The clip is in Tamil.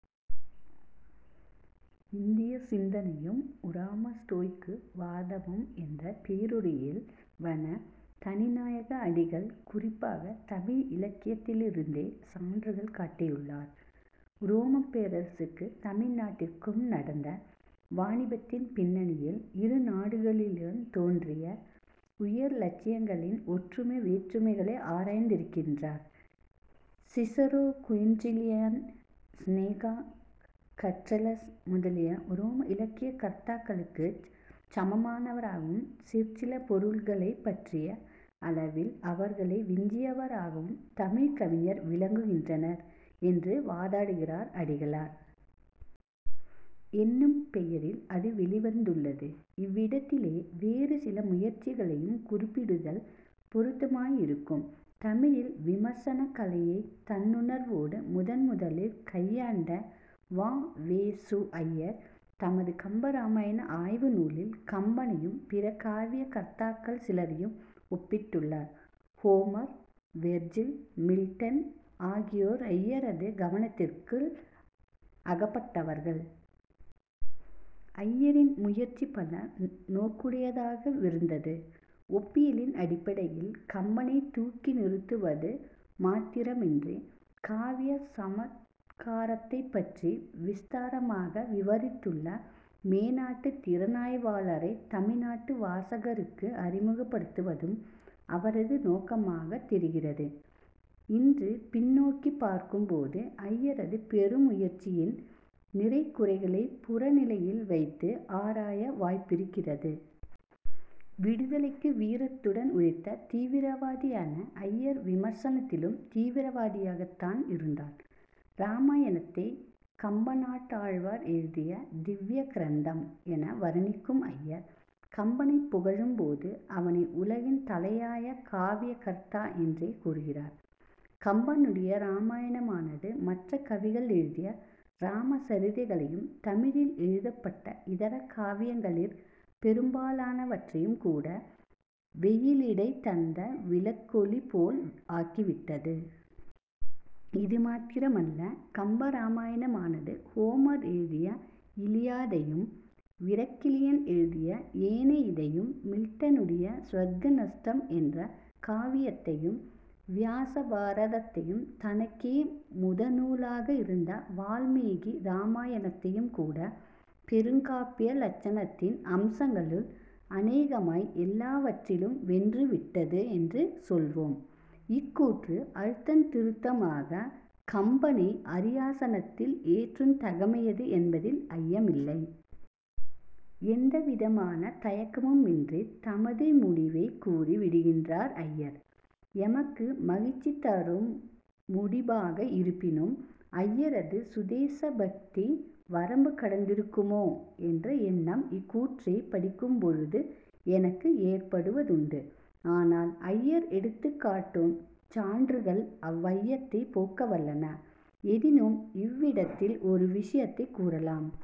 இந்திய சிந்தனையும் உராம ஸ்டோய்க்கு வாதமும் என்ற பேருரையில் வண. தனிநாயக அடிகள், குறிப்பாகத் தமிழிலக்கியத்திலிருந்தே சான்றுகள் காட்டியுள்ளார். உரோமப் பேரரசுக்கும் தமிழ் நாட்டிற்கும் நடந்த வாணிபத்தின் பின்னணியில் இரு நாடுகளிலுந் தோன்றிய உயர் இலட்சியங்களின் ஒற்றுமை வேற்றுமைகளை ஆராய்ந்திருக்கின்றார். சிஸரோ, குயின்றிலியன், செனெகா, கற்றலஸ் முதலிய உரோம இலக்கிய கர்த்தாக்களுக்குச் சமமானவராகவும், சிற்சில பொருள்களைப் பற்றிய அளவில் அவர்களை விஞ்சியவராகவும் தமிழ்க் கவிஞர் விளங்குகின்றனர் என்று வாதாடுகிறார் அடிகளார். என்னும் பெயாில் அது வௌிவந்துள்ளது. இவ்விடத்திலே வேறு சில முயற்சிகளையும் குறிப்பிடுதல் பொருத்தமாயிருக்கும். தமிழில் விமர்சனக் கலையைத் தன்னுணர்வோடு முதன் முதலிற் கையாண்ட வ. வே. சு. ஐயர் தமது கம்பராமாயண ஆய்வு நூலில், கம்பனையும் பிற காவிய கர்த்தாக்கள் சிலரையும் ஒப்பிட்டுள்ளார். ஹோமர், வெர்ஜில், மில்டன் ஆகியோர் ஐயரது கவனத்திற்குள் அகப்பட்டவர்கள். ஐயாின் முயற்சி பல நோக்குடையதாக விருந்தது. ஒப்பியலின் அடிப்படையில் கம்பனைத் தூக்கி நிறுத்துவது மாத்திரமன்றி, 'காவிய சமத்காரத்தைப் பற்றி விஸ்தாரமாக விவாித்துள்ள' மேனாட்டுத் திறனாய்வாளரைத் தமிழ் நாட்டு வாசகருக்கு அறிமுகப்படுத்துவதும். அவரது நோக்கமாகத் தொிகிறது. இன்று பின்னோக்கிப் பார்க்கும் போது, ஐயரது பெருமுயற்சியின் நிறைகுறைகளைப் புற நிலையில் வைத்து ஆராய வாய்ப்பிருக்கிறது. விடுதலைக்கு வீரத்துடன் உழைத்த தீவிரவாதியான ஐயர் விமர்சனத்திலும் தீவிரவாதியாகத் தான் இருந்தார். இராமாயணத்தை, "கம்பநாட்டாழ்வார் எழுதிய திவ்ய கிரந்தம்" என வருணிக்கும் ஐயர், கம்பனைப் புகழும் போது அவனை உலகின் தலையாய காவியகர்த்தா என்றே கூறுகிறார். "கம்பனுடைய ராமாயணமானது மற்ற கவிகள் எழுதிய ராம சாிதைகளையும் தமிழில் எழுதப்பட்ட இதர காவியங்களிற் பெரும்பாலான வற்றையும் கூட 'வெயிலிடைத் தந்த விளக்கொளிபோல் ஆக்கிவிட்டது. இது மாத்திரமல்ல. கம்ப ராமாயணமானது ஹோமர் எழுதிய இலியாதையும், விர்க்கிலியன் எழுதிய ஏனயிதையும், மில்டனுடைய சுவர்க்க நஷ்டம் என்ற காவியத்தையும், வியாஸ பாரதத்தையும் தனக்கே முதனூலாக இருந்த வால்மீகி ராமாயணத்தையும் கூட, பெருங்காப்பிய லட்சணத்தின் அம்சங்களுள் அனேகமாய் எல்லாவற்றிலும் வென்றுவிட்டது என்று சொல்லுவோம். " இக்கூற்று அழுத்தந் திருத்தமாகக் கம்பனை அாியாசனத்தில் ஏற்றுந் தகைமையது என்பதில் ஐயமில்லை. எந்தவிதமான தயக்கமுமின்றித் தமது முடிவைக் கூறி விடுகின்றார் ஐயர். எமக்கு மகிழ்ச்சிதரும் முடிபாக இருப்பினும், ஐயரது சுதேச பக்தி வரம்பு கடந்திருக்குமோ என்ற எண்ணம் இக்கூற்றைப் படிக்கும்பொழுது எனக்கு ஏற்படுவதுண்டு. ஆனால், ஐயர் எடுத்துக்காட்டும் சான்றுகள் அவ்வையத்தைப் போக்கவல்லன. எனினும், இவ்விடத்தில் ஒரு விஷயத்தைக் கூறலாம்.